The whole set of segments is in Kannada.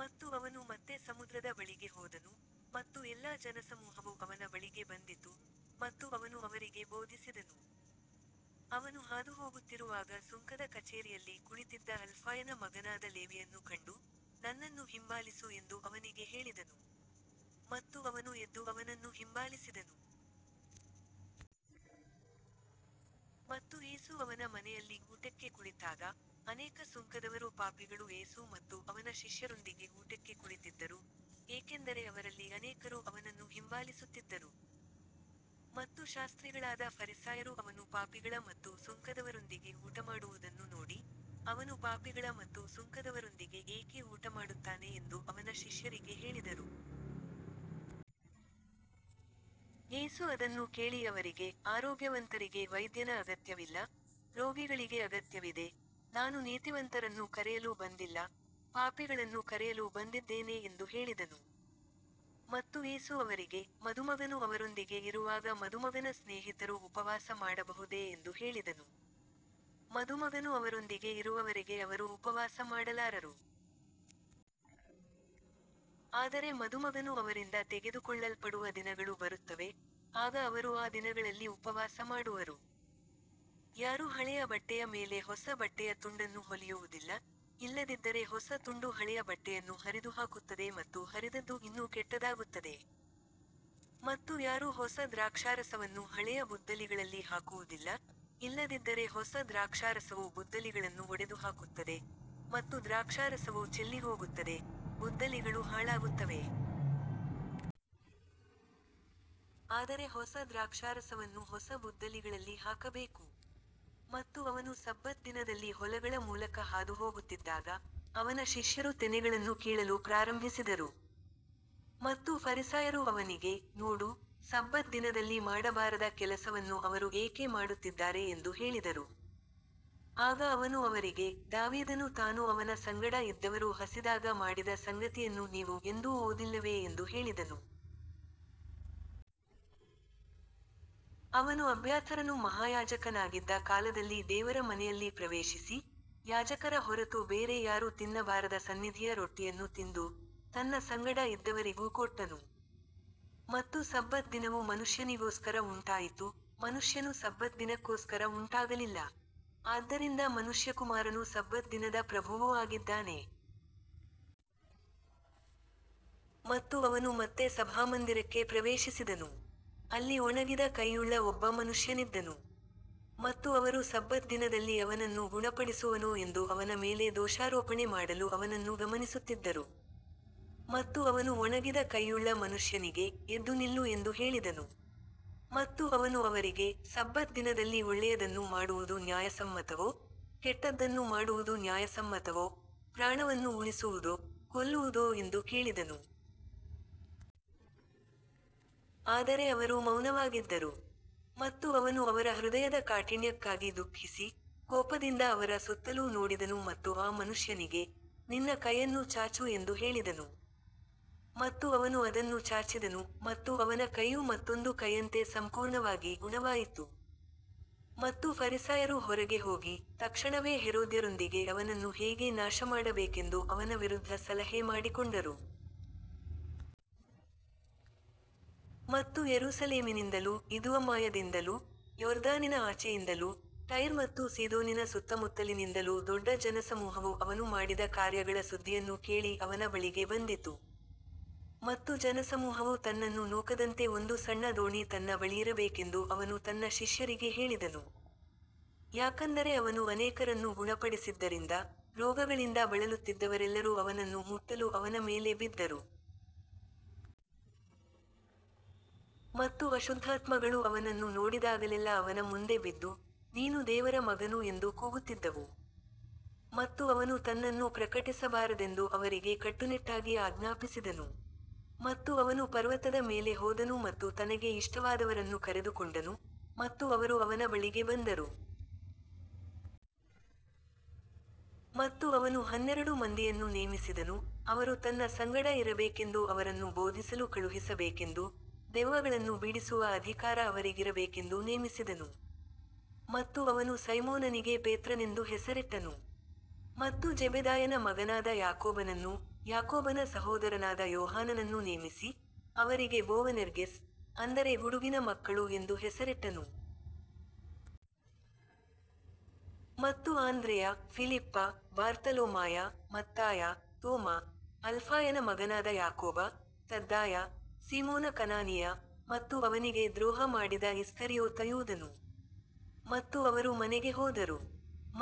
ಮತ್ತು ಅವನು ಮತ್ತೆ ಸಮುದ್ರದ ಬಳಿಗೆ ಹೋದನು, ಮತ್ತು ಎಲ್ಲಾ ಜನಸಮೂಹವು ಅವನ ಬಳಿಗೆ ಬಂದಿತು, ಮತ್ತು ಅವನು ಅವರಿಗೆ ಬೋಧಿಸಿದನು. ಅವನು ಹಾದುಹೋಗುತ್ತಿರುವಾಗ ಸುಂಕದ ಕಚೇರಿಯಲ್ಲಿ ಕುಳಿತಿದ್ದ ಅಲ್ಫಾಯನ ಮಗನಾದ ಲೇವಿಯನ್ನು ಕಂಡು, ನನ್ನನ್ನು ಹಿಂಬಾಲಿಸು ಎಂದು ಅವನಿಗೆ ಹೇಳಿದನು. ಮತ್ತು ಅವನು ಎದ್ದು ಅವನನ್ನು ಹಿಂಬಾಲಿಸಿದನು. ಮತ್ತು ಯೇಸು ಅವನ ಮನೆಯಲ್ಲಿ ಊಟಕ್ಕೆ ಕುಳಿತಾಗ, ಅನೇಕ ಸುಂಕದವರೂ ಪಾಪಿಗಳೂ ಯೇಸು ಮತ್ತು ಅವನ ಶಿಷ್ಯರೊಂದಿಗೆ ಊಟಕ್ಕೆ ಕುಳಿತಿದ್ದರು, ಏಕೆಂದರೆ ಅವರಲ್ಲಿ ಅನೇಕರು ಅವನನ್ನು ಹಿಂಬಾಲಿಸುತ್ತಿದ್ದರು. ಮತ್ತು ಶಾಸ್ತ್ರಿಗಳಾದ ಫರಿಸಾಯರು ಅವನು ಪಾಪಿಗಳ ಮತ್ತು ಸುಂಕದವರೊಂದಿಗೆ ಊಟಮಾಡುವುದನ್ನು ನೋಡಿ, ಅವನು ಪಾಪಿಗಳ ಮತ್ತು ಸುಂಕದವರೊಂದಿಗೆ ಏಕೆ ಊಟಮಾಡುತ್ತಾನೆ ಎಂದು ಅವನ ಶಿಷ್ಯರಿಗೆ ಹೇಳಿದರು. ಯೇಸು ಅದನ್ನು ಕೇಳಿ ಅವರಿಗೆ, ಆರೋಗ್ಯವಂತರಿಗೆ ವೈದ್ಯನ ಅಗತ್ಯವಿಲ್ಲ, ರೋಗಿಗಳಿಗೆ ಅಗತ್ಯವಿದೆ, ನಾನು ನೀತಿವಂತರನ್ನು ಕರೆಯಲು ಬಂದಿಲ್ಲ, ಪಾಪಿಗಳನ್ನು ಕರೆಯಲು ಬಂದಿದ್ದೇನೆ ಎಂದು ಹೇಳಿದನು. ಮತ್ತು ಯೇಸು ಅವರಿಗೆ, ಮದುಮಗನು ಅವರೊಂದಿಗೆ ಇರುವಾಗ ಮದುಮಗನ ಸ್ನೇಹಿತರು ಉಪವಾಸ ಮಾಡಬಹುದೇ ಎಂದು ಹೇಳಿದನು. ಮದುಮಗನು ಅವರೊಂದಿಗೆ ಇರುವವರೆಗೆ ಅವರು ಉಪವಾಸ ಮಾಡಲಾರರು. ಆದರೆ ಮದುಮಗನು ಅವರಿಂದ ತೆಗೆದುಕೊಳ್ಳಲ್ಪಡುವ ದಿನಗಳು ಬರುತ್ತವೆ, ಆಗ ಅವರು ಆ ದಿನಗಳಲ್ಲಿ ಉಪವಾಸ ಮಾಡುವರು. ಯಾರೂ ಹಳೆಯ ಬಟ್ಟೆಯ ಮೇಲೆ ಹೊಸ ಬಟ್ಟೆಯ ತುಂಡನ್ನು ಹೊಲಿಯುವುದಿಲ್ಲ, ಇಲ್ಲದಿದ್ದರೆ ಹೊಸ ತುಂಡು ಹಳೆಯ ಬಟ್ಟೆಯನ್ನು ಹರಿದುಹಾಕುತ್ತದೆ ಮತ್ತು ಹರಿದದ್ದು ಇನ್ನೂ ಕೆಟ್ಟದಾಗುತ್ತದೆ. ಮತ್ತು ಯಾರೂ ಹೊಸ ದ್ರಾಕ್ಷಾರಸವನ್ನು ಹಳೆಯ ಬುದ್ದಲಿಗಳಲ್ಲಿ ಹಾಕುವುದಿಲ್ಲ, ಇಲ್ಲದಿದ್ದರೆ ಹೊಸ ದ್ರಾಕ್ಷಾರಸವು ಬುದ್ದಲಿಗಳನ್ನು ಒಡೆದುಹಾಕುತ್ತದೆ, ಮತ್ತು ದ್ರಾಕ್ಷಾರಸವೂ ಚೆಲ್ಲಿಹೋಗುತ್ತದೆ, ಬುದ್ದಲಿಗಳೂ ಹಾಳಾಗುತ್ತವೆ. ಆದರೆ ಹೊಸ ದ್ರಾಕ್ಷಾರಸವನ್ನು ಹೊಸ ಬುದ್ದಲಿಗಳಲ್ಲಿ ಹಾಕಬೇಕು. ಮತ್ತು ಅವನು ಸಬ್ಬತ್ ದಿನದಲ್ಲಿ ಹೊಲಗಳ ಮೂಲಕ ಹಾದುಹೋಗುತ್ತಿದ್ದಾಗ, ಅವನ ಶಿಷ್ಯರು ತೆನೆಗಳನ್ನು ಕೀಳಲು ಪ್ರಾರಂಭಿಸಿದರು. ಮತ್ತು ಫರಿಸಾಯರು ಅವನಿಗೆ, ನೋಡು, ಸಬ್ಬತ್ ದಿನದಲ್ಲಿ ಮಾಡಬಾರದ ಕೆಲಸವನ್ನು ಅವರು ಏಕೆ ಮಾಡುತ್ತಿದ್ದಾರೆ ಎಂದು ಹೇಳಿದರು. ಆಗ ಅವನು ಅವರಿಗೆ, ದಾವೀದನು ತಾನೂ ಅವನ ಸಂಗಡ ಇದ್ದವರೂ ಹಸಿದಾಗ ಮಾಡಿದ ಸಂಗತಿಯನ್ನು ನೀವು ಎಂದೂ ಓದಿಲ್ಲವೇ ಎಂದು ಹೇಳಿದನು. ಅವನು ಅಬ್ಯಾಥರನು ಮಹಾಯಾಜಕನಾಗಿದ್ದ ಕಾಲದಲ್ಲಿ ದೇವರ ಮನೆಯಲ್ಲಿ ಪ್ರವೇಶಿಸಿ, ಯಾಜಕರ ಹೊರತು ಬೇರೆ ಯಾರೂ ತಿನ್ನಬಾರದ ಸನ್ನಿಧಿಯ ರೊಟ್ಟಿಯನ್ನು ತಿಂದು, ತನ್ನ ಸಂಗಡ ಇದ್ದವರಿಗೂ ಕೊಟ್ಟನು. ಮತ್ತು ಸಬ್ಬತ್ ದಿನವು ಮನುಷ್ಯನಿಗೋಸ್ಕರ ಉಂಟಾಯಿತು, ಮನುಷ್ಯನು ಸಬ್ಬತ್ ದಿನಕ್ಕೋಸ್ಕರ ಉಂಟಾಗಲಿಲ್ಲ. ಆದ್ದರಿಂದ ಮನುಷ್ಯಕುಮಾರನು ಸಬ್ಬತ್ ದಿನದ ಪ್ರಭುವೂ ಆಗಿದ್ದಾನೆ. ಮತ್ತು ಅವನು ಮತ್ತೆ ಸಭಾಮಂದಿರಕ್ಕೆ ಪ್ರವೇಶಿಸಿದನು. ಅಲ್ಲಿ ಒಣಗಿದ ಕೈಯುಳ್ಳ ಒಬ್ಬ ಮನುಷ್ಯನಿದ್ದನು. ಮತ್ತು ಅವರು ಸಬ್ಬತ್ ದಿನದಲ್ಲಿ ಅವನನ್ನು ಗುಣಪಡಿಸುವನೋ ಎಂದು ಅವನ ಮೇಲೆ ದೋಷಾರೋಪಣೆ ಮಾಡಲು ಅವನನ್ನು ಗಮನಿಸುತ್ತಿದ್ದರು. ಮತ್ತು ಅವನು ಒಣಗಿದ ಕೈಯುಳ್ಳ ಮನುಷ್ಯನಿಗೆ, ಎದ್ದು ನಿಲ್ಲು ಎಂದು ಹೇಳಿದನು. ಮತ್ತು ಅವನು ಅವರಿಗೆ, ಸಬ್ಬತ್ ದಿನದಲ್ಲಿ ಒಳ್ಳೆಯದನ್ನು ಮಾಡುವುದು ನ್ಯಾಯಸಮ್ಮತವೋ, ಕೆಟ್ಟದ್ದನ್ನು ಮಾಡುವುದು ನ್ಯಾಯಸಮ್ಮತವೋ, ಪ್ರಾಣವನ್ನು ಉಳಿಸುವುದೋ, ಕೊಲ್ಲುವುದೋ ಎಂದು ಕೇಳಿದನು. ಆದರೆ ಅವರು ಮೌನವಾಗಿದ್ದರು. ಮತ್ತು ಅವನು ಅವರ ಹೃದಯದ ಕಾಠಿಣ್ಯಕ್ಕಾಗಿ ದುಃಖಿಸಿ, ಕೋಪದಿಂದ ಅವರ ಸುತ್ತಲೂ ನೋಡಿದನು ಮತ್ತು ಆ ಮನುಷ್ಯನಿಗೆ, ನಿನ್ನ ಕೈಯನ್ನು ಚಾಚು ಎಂದು ಹೇಳಿದನು. ಮತ್ತು ಅವನು ಅದನ್ನು ಚಾಚಿದನು, ಮತ್ತು ಅವನ ಕೈಯು ಮತ್ತೊಂದು ಕೈಯಂತೆ ಸಂಪೂರ್ಣವಾಗಿ ಗುಣವಾಯಿತು. ಮತ್ತು ಫರಿಸಾಯರು ಹೊರಗೆ ಹೋಗಿ, ತಕ್ಷಣವೇ ಹೆರೋದ್ಯರೊಂದಿಗೆ ಅವನನ್ನು ಹೇಗೆ ನಾಶಮಾಡಬೇಕೆಂದು ಅವನ ವಿರುದ್ಧ ಸಲಹೆ ಮಾಡಿಕೊಂಡರು. ಮತ್ತು ಯೆರೂಸಲೇಮಿನಿಂದಲೂ, ಇದೂಮಾಯದಿಂದಲೂ, ಯೊರ್ದಾನಿನ ಆಚೆಯಿಂದಲೂ, ಟೈರ್ ಮತ್ತು ಸೀದೋನಿನ ಸುತ್ತಮುತ್ತಲಿನಿಂದಲೂ ದೊಡ್ಡ ಜನಸಮೂಹವು ಅವನು ಮಾಡಿದ ಕಾರ್ಯಗಳ ಸುದ್ದಿಯನ್ನು ಕೇಳಿ ಅವನ ಬಳಿಗೆ ಬಂದಿತು. ಮತ್ತು ಜನಸಮೂಹವು ತನ್ನನ್ನು ನೂಕದಂತೆ ಒಂದು ಸಣ್ಣ ದೋಣಿ ತನ್ನ ಬಳಿಯಿರಬೇಕೆಂದು ಅವನು ತನ್ನ ಶಿಷ್ಯರಿಗೆ ಹೇಳಿದನು. ಯಾಕಂದರೆ ಅವನು ಅನೇಕರನ್ನು ಗುಣಪಡಿಸಿದ್ದರಿಂದ, ರೋಗಗಳಿಂದ ಬಳಲುತ್ತಿದ್ದವರೆಲ್ಲರೂ ಅವನನ್ನು ಮುಟ್ಟಲು ಅವನ ಮೇಲೆ ಬಿದ್ದರು. ಮತ್ತು ಅಶುದ್ಧಾತ್ಮಗಳು ಅವನನ್ನು ನೋಡಿದಾಗಲೆಲ್ಲಾ ಅವನ ಮುಂದೆ ಬಿದ್ದು, ನೀನು ದೇವರ ಮಗನು ಎಂದು ಕೂಗುತ್ತಿದ್ದವು. ಮತ್ತು ಅವನು ತನ್ನನ್ನು ಪ್ರಕಟಿಸಬಾರದೆಂದು ಅವರಿಗೆ ಕಟ್ಟುನಿಟ್ಟಾಗಿ ಆಜ್ಞಾಪಿಸಿದನು. ಮತ್ತು ಅವನು ಪರ್ವತದ ಮೇಲೆ ಹೋದನು ಮತ್ತು ತನಗೆ ಇಷ್ಟವಾದವರನ್ನು ಕರೆದುಕೊಂಡನು, ಮತ್ತು ಅವರು ಅವನ ಬಳಿಗೆ ಬಂದರು. ಮತ್ತು ಅವನು ಹನ್ನೆರಡು ಮಂದಿಯನ್ನು ನೇಮಿಸಿದನು, ಅವರು ತನ್ನ ಸಂಗಡ ಇರಬೇಕೆಂದೂ ಅವರನ್ನು ಬೋಧಿಸಲು ಕಳುಹಿಸಬೇಕೆಂದೂ, ದೆವ್ವಗಳನ್ನು ಬಿಡಿಸುವ ಅಧಿಕಾರ ಅವರಿಗಿರಬೇಕೆಂದೂ ನೇಮಿಸಿದನು. ಮತ್ತು ಅವನು ಸೈಮೋನನಿಗೆ ಪೇತ್ರನೆಂದು ಹೆಸರಿಟ್ಟನು. ಮತ್ತು ಜೆಬೆದಾಯನ ಮಗನಾದ ಯಾಕೋಬನನ್ನೂ, ಯಾಕೋಬನ ಸಹೋದರನಾದ ಯೋಹಾನನನ್ನೂ ನೇಮಿಸಿ, ಅವರಿಗೆ ಬೋವನೆರ್ಗೆಸ್, ಅಂದರೆ ಗುಡುಗಿನ ಮಕ್ಕಳು ಎಂದು ಹೆಸರಿಟ್ಟನು. ಮತ್ತು ಆಂದ್ರೆಯ, ಫಿಲಿಪ್ಪ, ಬಾರ್ತಲೋಮಾಯ, ಮತ್ತಾಯ, ತೋಮ, ಅಲ್ಫಾಯನ ಮಗನಾದ ಯಾಕೋಬ, ತದ್ದಾಯ, ಸೀಮೋನ ಕನಾನೀಯ, ಮತ್ತು ಅವನಿಗೆ ದ್ರೋಹ ಮಾಡಿದ ಇಸ್ಕರಿಯೋತ ಯೂದನು. ಮತ್ತು ಅವರು ಮನೆಗೆ ಹೋದರು.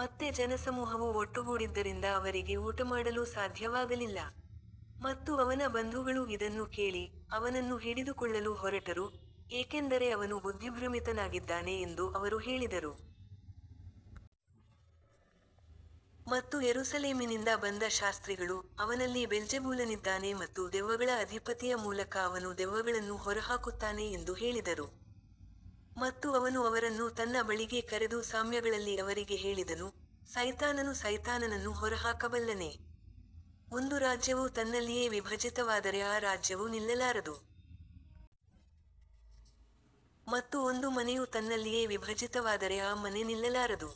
ಮತ್ತೆ ಜನಸಮೂಹವು ಒಟ್ಟುಗೂಡಿದ್ದರಿಂದ ಅವರಿಗೆ ಊಟಮಾಡಲೂ ಸಾಧ್ಯವಾಗಲಿಲ್ಲ. ಮತ್ತು ಅವನ ಬಂಧುಗಳು ಇದನ್ನು ಕೇಳಿ, ಅವನನ್ನು ಹಿಡಿದುಕೊಳ್ಳಲು ಹೊರಟರು, ಏಕೆಂದರೆ ಅವನು ಬುದ್ಧಿಭ್ರಮಿತನಾಗಿದ್ದಾನೆ ಎಂದು ಅವರು ಹೇಳಿದರು. ಮತ್ತು ಯೆರೂಸಲೇಮಿನಿಂದ ಬಂದ ಶಾಸ್ತ್ರಿಗಳು, ಅವನಲ್ಲಿ ಬೆಲ್ಜೆಬೂಲನಿದ್ದಾನೆ ಮತ್ತು ದೆವ್ವಗಳ ಅಧಿಪತಿಯ ಮೂಲಕ ಅವನು ದೆವ್ವಗಳನ್ನು ಹೊರಹಾಕುತ್ತಾನೆ ಎಂದು ಹೇಳಿದರು. ಮತ್ತು ಅವನು ಅವರನ್ನು ತನ್ನ ಬಳಿಗೆ ಕರೆದು ಸಾಮ್ಯಗಳಲ್ಲಿ ಅವರಿಗೆ ಹೇಳಿದನು, ಸೈತಾನನು ಸೈತಾನನನ್ನು ಹೊರಹಾಕಬಲ್ಲನೆ? ಒಂದು ರಾಜ್ಯವು ತನ್ನಲ್ಲಿಯೇ ವಿಭಜಿತವಾದರೆ ಆ ರಾಜ್ಯವು ನಿಲ್ಲಲಾರದು. ಮತ್ತು ಒಂದು ಮನೆಯು ತನ್ನಲ್ಲಿಯೇ ವಿಭಜಿತವಾದರೆ ಆ ಮನೆ ನಿಲ್ಲಲಾರದು.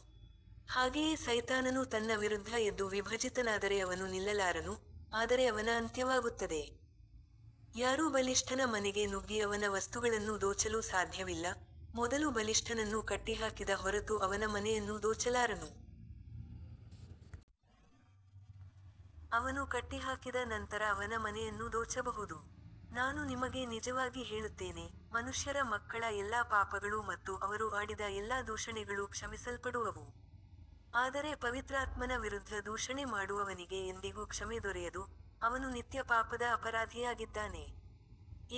ಹಾಗೆಯೇ ಸೈತಾನನು ತನ್ನ ವಿರುದ್ಧ ಎದ್ದು ವಿಭಜಿತನಾದರೆ ಅವನು ನಿಲ್ಲಲಾರನು, ಆದರೆ ಅವನ ಅಂತ್ಯವಾಗುತ್ತದೆ. ಯಾರೂ ಬಲಿಷ್ಠನ ಮನೆಗೆ ನುಗ್ಗಿ ಅವನ ವಸ್ತುಗಳನ್ನು ದೋಚಲು ಸಾಧ್ಯವಿಲ್ಲ, ಮೊದಲು ಬಲಿಷ್ಠನನ್ನು ಕಟ್ಟಿಹಾಕಿದ ಹೊರತು ಅವನ ಮನೆಯನ್ನು ದೋಚಲಾರನು. ಅವನು ಕಟ್ಟಿಹಾಕಿದ ನಂತರ ಅವನ ಮನೆಯನ್ನು ದೋಚಬಹುದು. ನಾನು ನಿಮಗೆ ನಿಜವಾಗಿ ಹೇಳುತ್ತೇನೆ, ಮನುಷ್ಯರ ಮಕ್ಕಳ ಎಲ್ಲಾ ಪಾಪಗಳೂ ಮತ್ತು ಅವರು ಆಡಿದ ಎಲ್ಲಾ ದೂಷಣೆಗಳೂ ಕ್ಷಮಿಸಲ್ಪಡುವವು. ಆದರೆ ಪವಿತ್ರಾತ್ಮನ ವಿರುದ್ಧ ದೂಷಣೆ ಮಾಡುವವನಿಗೆ ಎಂದಿಗೂ ಕ್ಷಮೆ ದೊರೆಯದು, ಅವನು ನಿತ್ಯ ಪಾಪದ ಅಪರಾಧಿಯಾಗಿದ್ದಾನೆ.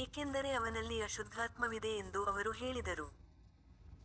ಏಕೆಂದರೆ ಅವನಲ್ಲಿ ಅಶುದ್ಧಾತ್ಮವಿದೆ ಎಂದು ಅವರು ಹೇಳಿದರು.